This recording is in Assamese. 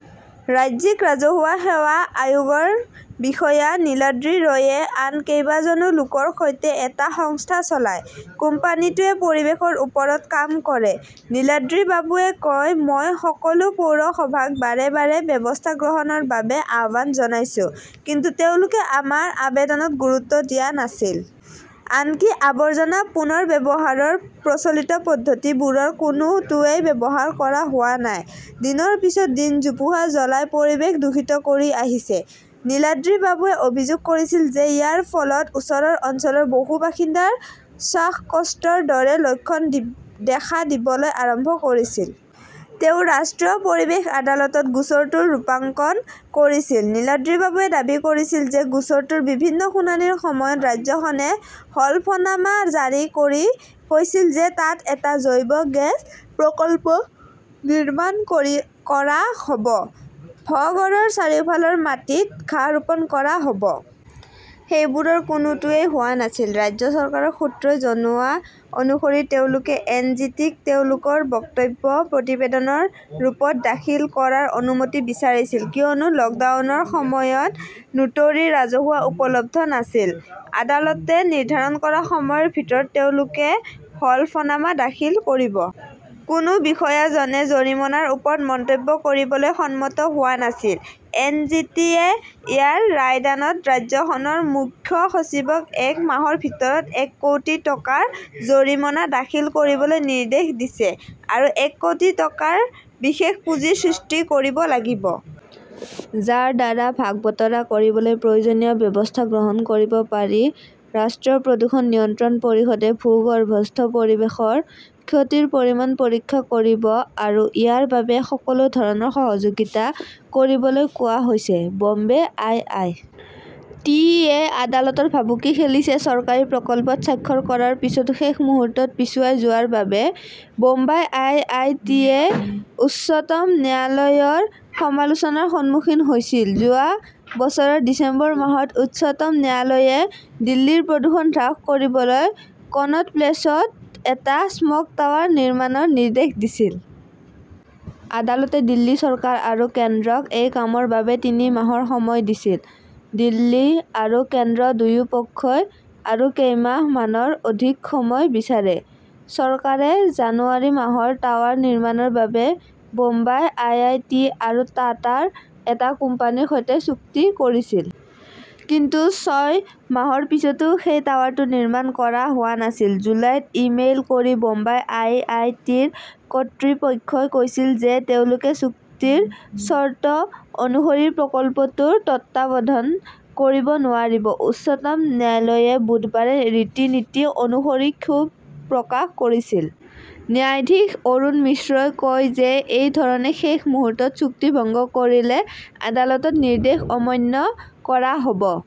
ৰাজ্যিক ৰাজহুৱা সেৱা আয়োগৰ বিষয়া নীলাদ্ৰী ৰয়ে আন কেইবাজনো লোকৰ সৈতে এটা সংস্থা চলায়। কোম্পানীটোৱে পৰিৱেশৰ ওপৰত কাম কৰে। নীলাদ্ৰীবাবুৱে কয়, মই সকলো পৌৰসভাক বাৰে বাৰে ব্যৱস্থা গ্ৰহণৰ বাবে আহ্বান জনাইছো। কিন্তু তেওঁলোকে আমাৰ আবেদনত গুৰুত্ব দিয়া নাছিল। আনকি, আৱৰ্জনা পুনৰ্ব্যৱহাৰৰ প্ৰচলিত পদ্ধতিবোৰৰ কোনোটোৱেই ব্যৱহাৰ কৰা হোৱা নাই। দিনৰ পিছত দিন জোপোহা জ্বলাই পৰিৱেশ দূষিত কৰি আহিছে। নীলাদ্ৰিবাবুৱে অভিযোগ কৰিছিল যে ইয়াৰ ফলত ওচৰৰ অঞ্চলৰ বহু বাসিন্দাৰ শ্বাসকষ্টৰ দৰে লক্ষণ দেখা দিবলৈ আৰম্ভ কৰিছিল। তেওঁ ৰাষ্ট্ৰীয় পৰিৱেশ আদালতত গোচৰটোৰ ৰূপাঙ্কণ কৰিছিল। নীলাদ্ৰীবাবুৱে দাবী কৰিছিল যে গোচৰটোৰ বিভিন্ন শুনানিৰ সময়ত ৰাজ্যখনে হলফনামা জাৰি কৰি কৈছিল যে তাত এটা জৈৱ গেছ প্ৰকল্প নিৰ্মাণ কৰি কৰা হ 'ব। ভগড়ৰ চাৰিওফালৰ মাটিত ঘাঁহ ৰোপণ কৰা হব। সেইবোৰৰ কোনোটোৱেই হোৱা নাছিল। ৰাজ্য চৰকাৰৰ সূত্ৰই জনোৱা অনুসৰি তেওঁলোকে এন. জি. টি. -ক তেওঁলোকৰ বক্তব্য প্ৰতিবেদনৰ ৰূপত দাখিল কৰাৰ অনুমতি বিচাৰিছিল কিয়নো লকডাউনৰ সময়ত 'নোটৰী ৰাজহুৱা উপলব্ধ নাছিল। আদালতে নিৰ্ধাৰণ কৰা সময়ৰ ভিতৰত তেওঁলোকে হলফনামা দাখিল কৰিব। কোনো বিষয়াজনে জৰিমনাৰ ওপৰত মন্তব্য কৰিবলৈ সন্মত হোৱা নাছিল। এন. জি. টি. -য়ে ইয়াৰ ৰায়দানত ৰাজ্যখনৰ মুখ্য সচিবক এক মাহৰ ভিতৰত এক কোটি টকাৰ জৰিমনা দাখিল কৰিবলৈ নিৰ্দেশ দিছে। আৰু এক কোটি টকাৰ বিশেষ পুঁজি সৃষ্টি কৰিব লাগিব। যাৰ দ্বাৰা ভাগ বতৰা কৰিবলৈ প্ৰয়োজনীয় ব্যৱস্থা গ্ৰহণ কৰিব পাৰি। ৰাষ্ট্ৰীয় প্ৰদূষণ নিয়ন্ত্ৰণ পৰিষদে ভূগৰ্ভস্থ পৰিৱেশৰ ক্ষতিৰ পৰিমাণ পৰীক্ষা কৰিব আৰু ইয়াৰ বাবে সকলো ধৰণৰ সহযোগিতা কৰিবলৈ কোৱা হৈছে। ব 'ম্বে আই. আই. টি. -য়ে আদালতৰ ভাবুকি খেলিছে চৰকাৰী প্ৰকল্পত স্বাক্ষৰ কৰাৰ পিছতো শেষ মুহূৰ্তত পিছুৱাই যোৱাৰ বাবে বোম্বাই আই. আই. টি. -য়ে উচ্চতম ন্যায়ালয়ৰ সমালোচনাৰ সন্মুখীন হৈছিল। যোৱা বছৰৰ ডিচেম্বৰ মাহত উচ্চতম ন্যায়ালয়ে দিল্লীৰ প্ৰদূষণ হ্ৰাস কৰিবলৈ কনট প্লেচত এটা 'স্মগ টাৱাৰ' নিৰ্মাণৰ নিৰ্দেশ দিছিল। আদালতে দিল্লী চৰকাৰ আৰু কেন্দ্ৰক এই কামৰ বাবে তিনি মাহৰ সময় দিছিল। দিল্লী আৰু কেন্দ্ৰ দুয়োপক্ষই আৰু কেইমাহমানৰ অধিক সময় বিচাৰে। চৰকাৰে জানুৱাৰী মাহত টাৱাৰ নিৰ্মাণৰ বাবে বোম্বাই আই. আই. টি. আৰু টাটাৰ এটা কোম্পানীৰ সৈতে চুক্তি কৰিছিল। কিন্তু ছয় মাহৰ পিছতো সেই টাৱাৰটো নিৰ্মাণ কৰা হোৱা নাছিল। জুলাইত ই-মেইল কৰি বোম্বাই আই. আই. টি. -ৰ কৰ্তৃপক্ষই কৈছিল যে তেওঁলোকে চুক্তিৰ চৰ্ত অনুসৰি প্ৰকল্পটোৰ তত্বাৱধান কৰিব নোৱাৰিব। উচ্চতম ন্যায়ালয়ে বুধবাৰে ৰীতি-নীতি অনুসৰি ক্ষোভ প্ৰকাশ কৰিছিল। ন্যায়াধীশ অৰুণ মিশ্ৰই কয় যে এই ধৰণে শেষ মুহূৰ্তত চুক্তি ভংগ কৰিলে আদালতৰ নিৰ্দেশ অমান্য কৰা হব।